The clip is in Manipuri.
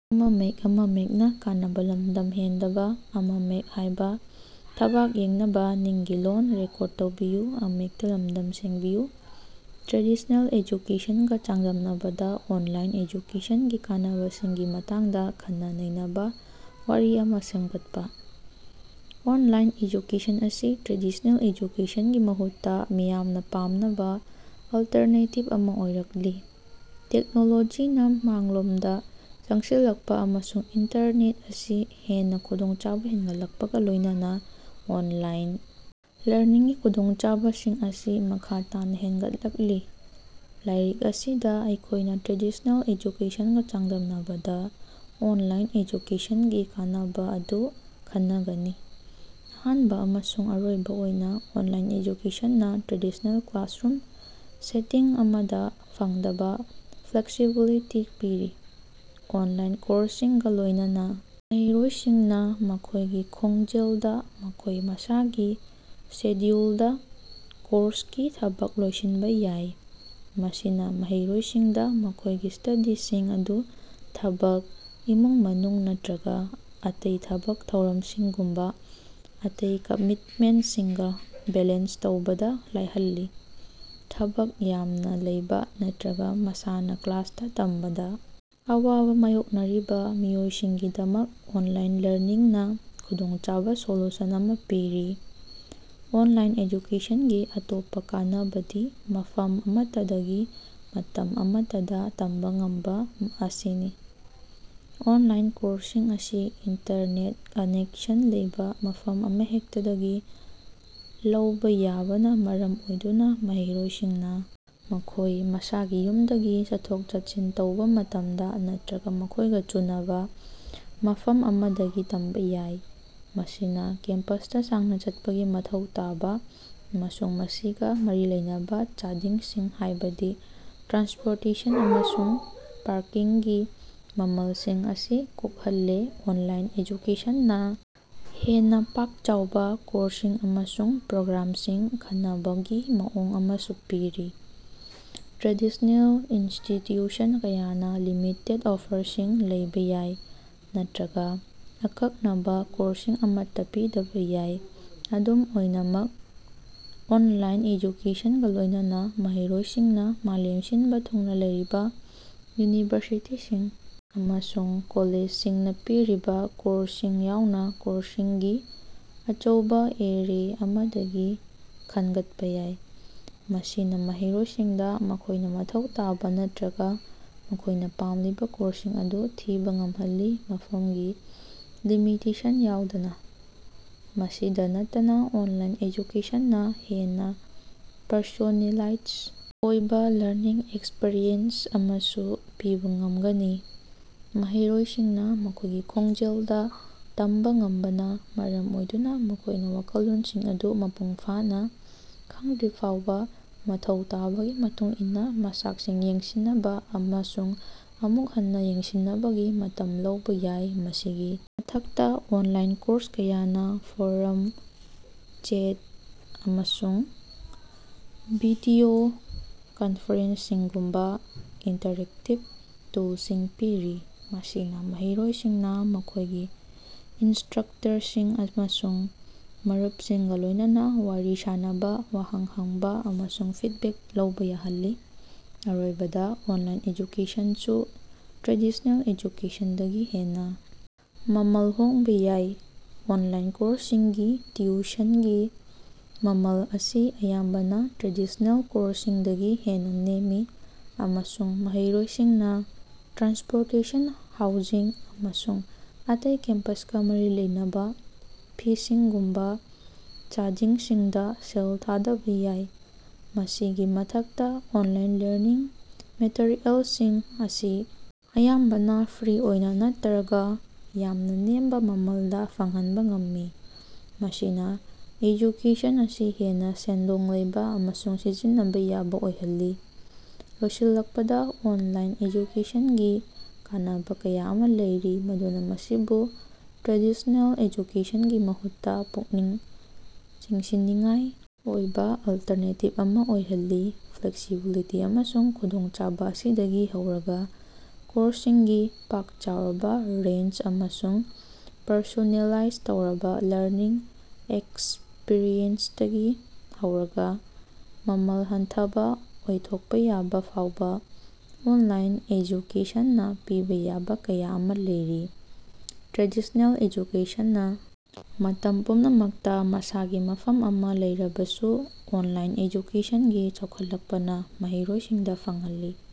ꯇ꯭ꯔꯦꯗꯤꯁꯅꯦꯜ ꯑꯦꯖꯨꯀꯦꯁꯟꯒ ꯆꯥꯡꯗꯝꯅꯕꯗ ꯑꯣꯟꯂꯥꯏꯟ ꯑꯦꯖꯨꯀꯦꯁꯟꯒꯤ ꯀꯥꯟꯅꯕꯁꯤꯡꯒꯤ ꯃꯇꯥꯡꯗ ꯈꯟꯅ-ꯅꯩꯅꯕꯥ ꯋꯥꯔꯤ ꯑꯃ ꯁꯦꯝꯒꯠꯄꯥ꯫ ꯑꯣꯟꯂꯥꯏꯟ ꯑꯦꯖꯨꯀꯦꯁꯟ ꯑꯁꯤ ꯇ꯭ꯔꯦꯗꯤꯁꯅꯦꯜ ꯑꯦꯖꯨꯀꯦꯁꯟꯒꯤ ꯃꯍꯨꯠꯇ ꯃꯤꯌꯥꯝꯅ ꯄꯥꯝꯅꯕ ꯑꯜꯇꯔꯅꯦꯇꯤꯕ ꯑꯃ ꯑꯣꯏꯔꯛꯂꯤ꯫ ꯇꯦꯛꯅꯣꯂꯣꯖꯤꯅ ꯃꯥꯡꯂꯣꯝꯗ ꯆꯪꯁꯤꯜꯂꯛꯄꯥ ꯑꯃꯁꯨꯡ ꯏꯟꯇꯔꯅꯦꯠ ꯑꯁꯤ ꯍꯦꯟꯅ ꯈꯨꯗꯣꯡꯆꯥꯕ ꯍꯦꯟꯒꯠꯂꯛꯄꯒꯥ ꯂꯣꯏꯅꯅ ꯑꯣꯟꯂꯥꯏꯟ ꯂꯔꯅꯤꯡꯒꯤ ꯈꯨꯗꯣꯡꯆꯥꯕꯁꯤꯡ ꯑꯁꯤ ꯃꯈꯥ ꯇꯥꯅꯥ ꯍꯦꯟꯒꯠꯂꯛꯂꯤ꯫ ꯂꯥꯏꯔꯤꯛ ꯑꯁꯤꯗ ꯑꯩꯈꯣꯏꯅ ꯇ꯭ꯔꯦꯗꯤꯁꯅꯦꯜ ꯑꯦꯖꯨꯀꯦꯁꯟꯒꯥ ꯆꯥꯡꯗꯝꯅꯕꯗ ꯑꯣꯟꯂꯥꯏꯟ ꯑꯦꯖꯨꯀꯦꯁꯟꯒꯤ ꯀꯥꯟꯅꯕ ꯑꯗꯨ ꯈꯟꯅꯒꯅꯤ꯫ ꯑꯍꯥꯟꯕ ꯑꯃꯁꯨꯡ ꯑꯔꯣꯏꯕ ꯑꯣꯏꯅ, ꯑꯣꯟꯂꯥꯏꯟ ꯑꯦꯖꯨꯀꯦꯁꯟꯅꯥ ꯇ꯭ꯔꯦꯗꯤꯁꯅꯦꯜ ꯀ꯭ꯂꯥꯁꯔꯨꯝ ꯁꯦꯇꯤꯡ ꯑꯃꯗ ꯐꯪꯗꯕ ꯐ꯭ꯂꯦꯛꯁꯤꯕꯤꯂꯤꯇꯤ ꯄꯤꯔꯤ꯫ ꯑꯣꯟꯂꯥꯏꯟ ꯀꯣꯔ꯭ꯁꯁꯤꯡꯒ ꯂꯣꯏꯅꯅ ꯃꯍꯩꯔꯣꯏꯁꯤꯡꯅꯥ ꯃꯈꯣꯏꯒꯤ ꯈꯣꯡꯖꯦꯜꯗꯥ, ꯃꯈꯣꯏ ꯃꯁꯥꯒꯤ ꯁꯦꯗ꯭ꯌꯨꯜꯗꯥ ꯀꯣꯔ꯭ꯁꯀꯤ ꯊꯕꯛ ꯂꯣꯏꯁꯤꯟꯕ ꯌꯥꯏ꯫ ꯃꯁꯤꯅꯥ ꯃꯍꯩꯔꯣꯏꯁꯤꯡꯗꯥ ꯃꯈꯣꯏꯒꯤ ꯁ꯭ꯇꯗꯤꯁꯤꯡ ꯑꯗꯨ ꯊꯕꯛ, ꯏꯃꯨꯡ-ꯃꯅꯨꯡ ꯅꯠꯇ꯭ꯔꯒꯥ ꯑꯇꯩ ꯊꯕꯛ ꯊꯧꯔꯝꯁꯤꯡꯒꯨꯝꯕꯥ ꯑꯇꯩ ꯀꯃꯤꯠꯃꯦꯟꯁꯤꯡꯒꯥ ꯕꯦꯂꯦꯟꯁ ꯇꯧꯕꯗꯥ ꯂꯥꯏꯍꯜꯂꯤ꯫ ꯊꯕꯛ ꯌꯥꯝꯅꯥ ꯂꯩꯕꯥ ꯅꯠꯇ꯭ꯔꯒꯥ ꯃꯁꯥꯅꯥ ꯀ꯭ꯂꯥꯁꯇꯥ ꯇꯝꯕꯗꯥ ꯑꯋꯥꯕꯥ ꯃꯥꯌꯣꯛꯅꯔꯤꯕꯥ ꯃꯤꯑꯣꯏꯁꯤꯡꯒꯤꯗꯃꯛ ꯑꯣꯟꯂꯥꯏꯟ ꯂꯔꯅꯤꯡꯅꯥ ꯈꯨꯗꯣꯡꯆꯥꯕ ꯁꯣꯂꯨꯁꯟ ꯑꯃ ꯄꯤꯔꯤ꯫ ꯑꯣꯟꯂꯥꯏꯟ ꯑꯦꯖꯨꯀꯦꯁꯟꯒꯤ ꯑꯇꯣꯞꯄꯥ ꯀꯥꯟꯅꯕꯗꯤ ꯃꯐꯝ ꯑꯃꯠꯇꯗꯒꯤ, ꯃꯇꯝ ꯑꯃꯠꯇꯗꯥ ꯇꯝꯕꯥ ꯉꯝꯕꯥ ꯑꯁꯤꯅꯤ꯫ ꯑꯣꯟꯂꯥꯏꯟ ꯀꯣꯔ꯭ꯁꯁꯤꯡ ꯑꯁꯤ ꯏꯟꯇꯔꯅꯦꯠ ꯀꯅꯦꯛꯁꯟ ꯂꯩꯕꯥ ꯃꯐꯝ ꯑꯃꯍꯦꯛꯇꯗꯒꯤ ꯂꯧꯕꯥ ꯌꯥꯕꯅꯥ ꯃꯔꯝ ꯑꯣꯏꯗꯨꯅꯥ ꯃꯍꯩꯔꯣꯏꯁꯤꯡꯅꯥ ꯃꯈꯣꯏ ꯃꯁꯥꯒꯤ ꯌꯨꯝꯗꯒꯤ, ꯆꯠꯊꯣꯛ-ꯆꯠꯁꯤꯟ ꯇꯧꯕꯥ ꯃꯇꯝꯗ ꯅꯠꯇ꯭ꯔꯒꯥ ꯃꯈꯣꯏꯒꯥ ꯆꯨꯅꯕꯥ ꯃꯐꯝ ꯑꯃꯗꯒꯤ ꯇꯝꯕꯥ ꯌꯥꯏ꯫ ꯃꯁꯤꯅꯥ ꯀꯦꯝꯄꯁꯇꯥ ꯁꯥꯡꯅꯥ ꯆꯠꯄꯒꯤ ꯃꯊꯧ ꯇꯥꯕꯥ ꯑꯃꯁꯨꯡ ꯃꯁꯤꯒꯥ ꯃꯔꯤ ꯂꯩꯅꯕꯥ ꯆꯥꯗꯤꯡꯁꯤꯡ, ꯍꯥꯏꯕꯗꯤ ꯇ꯭ꯔꯥꯟꯁꯄꯣꯔꯇꯦꯁꯟ ꯑꯃꯁꯨꯡ ꯄꯥꯔꯀꯤꯡꯒꯤ ꯃꯃꯜꯁꯤꯡ ꯑꯁꯤ ꯀꯣꯛꯍꯜꯂꯤ꯫ ꯑꯣꯟꯂꯥꯏꯟ ꯑꯦꯖꯨꯀꯦꯁꯟꯅꯥ ꯍꯦꯟꯅꯥ ꯄꯥꯛ-ꯆꯥꯎꯕꯥ ꯀꯣꯔ꯭ꯁꯁꯤꯡ ꯑꯃꯁꯨꯡ ꯄ꯭ꯔꯣꯒ꯭ꯔꯥꯝꯁꯤꯡ ꯈꯟꯅꯕꯒꯤ ꯃꯑꯣꯡ ꯑꯃꯁꯨ ꯄꯤꯔꯤ꯫ ꯇ꯭ꯔꯦꯗꯤꯁꯅꯦꯜ ꯏꯟꯁꯇꯤꯇ꯭ꯌꯨꯁꯟ ꯀꯌꯥꯅ ꯂꯤꯃꯤꯇꯦꯠ ꯑꯣꯐꯔꯁꯤꯡ ꯂꯩꯕꯥ ꯌꯥꯏ ꯅꯠꯇ꯭ꯔꯒꯥ ꯑꯀꯛꯅꯕꯥ ꯀꯣꯔ꯭ꯁꯁꯤꯡ ꯑꯃꯠꯇꯥ ꯄꯤꯗꯕꯥ ꯌꯥꯏ꯫ ꯑꯗꯨꯝ ꯑꯣꯏꯅꯃꯛ, ꯑꯣꯟꯂꯥꯏꯟ ꯑꯦꯖꯨꯀꯦꯁꯟꯒ ꯂꯣꯏꯅꯅ ꯃꯍꯩꯔꯣꯏꯁꯤꯡꯅꯥ ꯃꯥꯂꯦꯝ ꯁꯤꯟꯕ ꯊꯨꯡꯅꯥ ꯂꯩꯔꯤꯕ ꯌꯨꯅꯤꯚꯔꯁꯤꯇꯤꯁꯤꯡ ꯑꯃꯁꯨꯡ ꯀꯣꯂꯦꯖꯁꯤꯡꯅꯥ ꯄꯤꯔꯤꯕꯥ ꯀꯣꯔ꯭ꯁꯁꯤꯡ ꯌꯥꯎꯅ ꯀꯣꯔ꯭ꯁꯁꯤꯡꯒꯤ ꯑꯆꯧꯕꯥ ꯑꯦꯔꯦ ꯑꯃꯗꯒꯤ ꯈꯟꯒꯠꯄꯥ ꯌꯥꯏ꯫ ꯃꯁꯤꯅꯥ ꯃꯍꯩꯔꯣꯏꯁꯤꯡꯗꯥ ꯃꯈꯣꯏꯅꯥ ꯃꯊꯧ ꯇꯥꯕꯥ ꯅꯠꯇ꯭ꯔꯒꯥ ꯃꯈꯣꯏꯅꯥ ꯄꯥꯝꯂꯤꯕꯥ ꯀꯣꯔ꯭ꯁꯁꯤꯡ ꯑꯗꯨ ꯊꯤꯕꯥ ꯉꯝꯍꯜꯂꯤ, ꯃꯐꯝꯒꯤ ꯂꯤꯃꯤꯇꯦꯁꯟ ꯌꯥꯎꯗꯅ ꯫ ꯃꯁꯤꯗꯥ ꯅꯠꯇꯅꯥ ꯑꯣꯟꯂꯥꯏꯟ ꯑꯦꯖꯨꯀꯦꯁꯟꯅꯥ ꯍꯦꯟꯅꯥ ꯄꯔꯁꯣꯅꯦꯂꯥꯏꯖ ꯑꯣꯏꯕꯥ ꯂꯔꯅꯤꯡ ꯑꯦꯛꯁꯄꯤꯔꯤꯑꯦꯟꯁ ꯑꯃꯁꯨ ꯄꯤꯕꯥ ꯉꯝꯒꯅꯤ꯫ ꯃꯍꯩꯔꯣꯏꯁꯤꯡꯅꯥ ꯃꯈꯣꯏꯒꯤ ꯈꯣꯡꯖꯦꯜꯗꯥ ꯇꯝꯕꯥ ꯉꯝꯕꯅꯥ ꯃꯔꯝ ꯑꯣꯏꯗꯨꯅꯥ ꯃꯈꯣꯏꯅꯥ ꯋꯥꯈꯜꯂꯣꯟꯁꯤꯡ ꯑꯗꯨ ꯃꯄꯨꯡ ꯐꯥꯅꯥ ꯈꯪꯗ꯭ꯔꯤꯐꯥꯎꯕꯥ ꯃꯊꯧ ꯇꯥꯕꯒꯤ ꯃꯇꯨꯡ ꯏꯟꯅꯥ ꯃꯆꯥꯛꯁꯤꯡ ꯌꯦꯡꯁꯤꯟꯅꯕꯥ ꯑꯃꯁꯨꯡ ꯑꯃꯨꯛ ꯍꯟꯅꯥ ꯌꯦꯡꯁꯤꯟꯅꯕꯒꯤ ꯃꯇꯝ ꯂꯧꯕꯥ ꯌꯥꯏ꯫ ꯃꯁꯤꯒꯤ ꯃꯊꯛꯇꯥ, ꯑꯣꯟꯂꯥꯏꯟ ꯀꯣꯔ꯭ꯁ ꯀꯌꯥꯅꯥ ꯐꯣꯔꯝ, ꯆꯦꯠ, ꯑꯃꯁꯨꯡ ꯚꯤꯗꯤꯑꯣ ꯀꯟꯐꯔꯦꯟꯁꯤꯡꯒꯨꯝꯕꯥ ꯏꯟꯇꯔꯦꯛꯇꯤꯞ ꯇꯨꯜꯁꯤꯡ ꯄꯤꯔꯤ, ꯃꯁꯤꯅꯥ ꯃꯍꯩꯔꯣꯏꯁꯤꯡꯅꯥ ꯃꯈꯣꯏꯒꯤ ꯏꯟꯁꯇ꯭ꯔꯛꯇꯔꯁꯤꯡ ꯑꯃꯁꯨꯡ ꯃꯔꯨꯞꯁꯤꯡꯒꯥ ꯂꯣꯏꯅꯅ ꯋꯥꯔꯤ ꯁꯥꯅꯕꯥ, ꯋꯥꯍꯪ ꯍꯪꯕꯥ ꯑꯃꯁꯨꯡ ꯐꯤꯠꯕꯦꯛ ꯂꯧꯕꯥ ꯌꯥꯍꯜꯂꯤ꯫ ꯑꯔꯣꯏꯕꯗꯥ, ꯑꯣꯟꯂꯥꯏꯟ ꯑꯦꯖꯨꯀꯦꯁꯟꯁꯨ ꯇ꯭ꯔꯦꯗꯤꯁꯅꯦꯜ ꯑꯦꯖꯨꯀꯦꯁꯟꯗꯒꯤ ꯍꯦꯟꯅꯥ ꯃꯃꯜ ꯍꯣꯡꯕꯥ ꯌꯥꯏ꯫ ꯑꯣꯟꯂꯥꯏꯟ ꯀꯣꯔꯁꯁꯤꯡꯒꯤ ꯇꯤꯎꯁꯟꯒꯤ ꯃꯃꯜ ꯑꯁꯤ ꯑꯌꯥꯝꯕꯅꯥ ꯇ꯭ꯔꯦꯗꯤꯁꯅꯦꯜ ꯀꯣꯔꯁꯁꯤꯡꯗꯒꯤ ꯍꯦꯟꯅꯥ ꯅꯦꯝꯃꯤ, ꯑꯃꯁꯨꯡ ꯃꯍꯩꯔꯣꯏꯁꯤꯡꯅꯥ ꯇ꯭ꯔꯥꯟꯁꯄꯣꯔꯇꯦꯁꯟ, ꯍꯥꯎꯖꯤꯡ, ꯑꯃꯁꯨꯡ ꯑꯇꯩ ꯀꯦꯝꯄꯁꯀꯥ ꯃꯔꯤ ꯂꯩꯅꯕꯥ ꯐꯤꯁꯤꯡꯒꯨꯝꯕꯥ ꯆꯥꯗꯤꯡꯁꯤꯡꯗꯥ ꯁꯦꯜ ꯊꯥꯗꯕꯥ ꯌꯥꯏ꯫ ꯃꯁꯤꯒꯤ ꯃꯊꯛꯇꯥ, ꯑꯣꯟꯂꯥꯏꯟ ꯂꯔꯅꯤꯡ ꯃꯦꯇꯔꯤꯑꯦꯜꯁꯤꯡ ꯑꯁꯤ ꯑꯌꯥꯝꯕꯅꯥ ꯐ꯭ꯔꯤ ꯑꯣꯏꯅꯥ ꯅꯠꯇꯔꯒꯥ ꯌꯥꯝꯅꯥ ꯅꯦꯝꯕ ꯃꯃꯜꯗꯥ ꯐꯪꯍꯟꯕ ꯉꯝꯃꯤ, ꯃꯁꯤꯅ ꯑꯦꯖꯨꯀꯦꯁꯟ ꯑꯁꯤ ꯍꯦꯟꯅꯥ ꯁꯦꯟꯗꯣꯡ ꯂꯩꯕꯥ ꯑꯃꯁꯨꯡ ꯁꯤꯖꯤꯟꯅꯕꯥ ꯌꯥꯕꯥ ꯑꯣꯏꯍꯜꯂꯤ꯫ ꯂꯣꯏꯁꯤꯜꯂꯛꯄꯗꯥ, ꯑꯣꯟꯂꯥꯏꯟ ꯑꯦꯖꯨꯀꯦꯁꯟꯒꯤ ꯀꯥꯟꯅꯕ ꯀꯌꯥ ꯑꯃ ꯂꯩꯔꯤ ꯃꯗꯨꯅꯥ ꯃꯁꯤꯕꯨ ꯇ꯭ꯔꯦꯗꯤꯁ꯭ꯅꯦꯜ ꯑꯦꯖꯨꯀꯦꯁꯟꯒꯤ ꯃꯍꯨꯠꯇꯥ ꯄꯨꯛꯅꯤꯡ ꯆꯤꯡꯁꯤꯟꯅꯤꯡꯉꯥꯏ ꯑꯣꯏꯕꯥ ꯑꯜꯇꯔꯅꯦꯇꯤꯞ ꯑꯃ ꯑꯣꯏꯍꯜꯂꯤ꯫ ꯐ꯭ꯂꯦꯛꯁꯤꯕꯤꯂꯤꯇꯤ ꯑꯃꯁꯨꯡ ꯈꯨꯗꯣꯡꯆꯥꯕꯥ ꯑꯁꯤꯗꯒꯤ ꯍꯧꯔꯒꯥ ꯀꯣꯔꯁꯁꯤꯡꯒꯤ ꯄꯥꯛ ꯆꯥꯎꯔꯕꯥ ꯔꯦꯟꯖ ꯑꯃꯁꯨꯡ ꯄꯔꯁꯣꯅꯦꯂꯥꯏꯖ ꯇꯧꯔꯕꯥ ꯂꯔꯅꯤꯡ ꯑꯦꯛꯁꯄꯤꯔꯤꯌꯦꯟꯁꯇꯒꯤ ꯍꯧꯔꯒꯥ, ꯃꯃꯜ ꯍꯟꯊꯕꯒꯤ ꯑꯣꯏꯊꯣꯛꯄ ꯌꯥꯕꯥ ꯐꯥꯎꯕꯥ, ꯑꯣꯟꯂꯥꯏꯟ ꯑꯦꯖꯨꯀꯦꯁꯟꯅꯥ ꯄꯤꯕꯥ ꯌꯥꯕꯥ ꯀꯌꯥ ꯑꯃ ꯂꯩꯔꯤ꯫ ꯇ꯭ꯔꯦꯗꯤꯁꯅꯦꯜ ꯑꯦꯖꯨꯀꯦꯁꯟꯅꯥ ꯃꯇꯝ ꯄꯨꯝꯅꯃꯛꯇꯥ ꯃꯁꯥꯒꯤ ꯃꯐꯝ ꯑꯃꯥ ꯂꯩꯔꯕꯁꯨ, ꯑꯣꯟꯂꯥꯏꯟ ꯑꯦꯖꯨꯀꯦꯁꯟꯒꯤ ꯆꯥꯎꯈꯠꯂꯛꯄꯅ ꯃꯍꯩꯔꯣꯏꯁꯤꯡꯗ ꯐꯪꯍꯜꯂꯤ꯫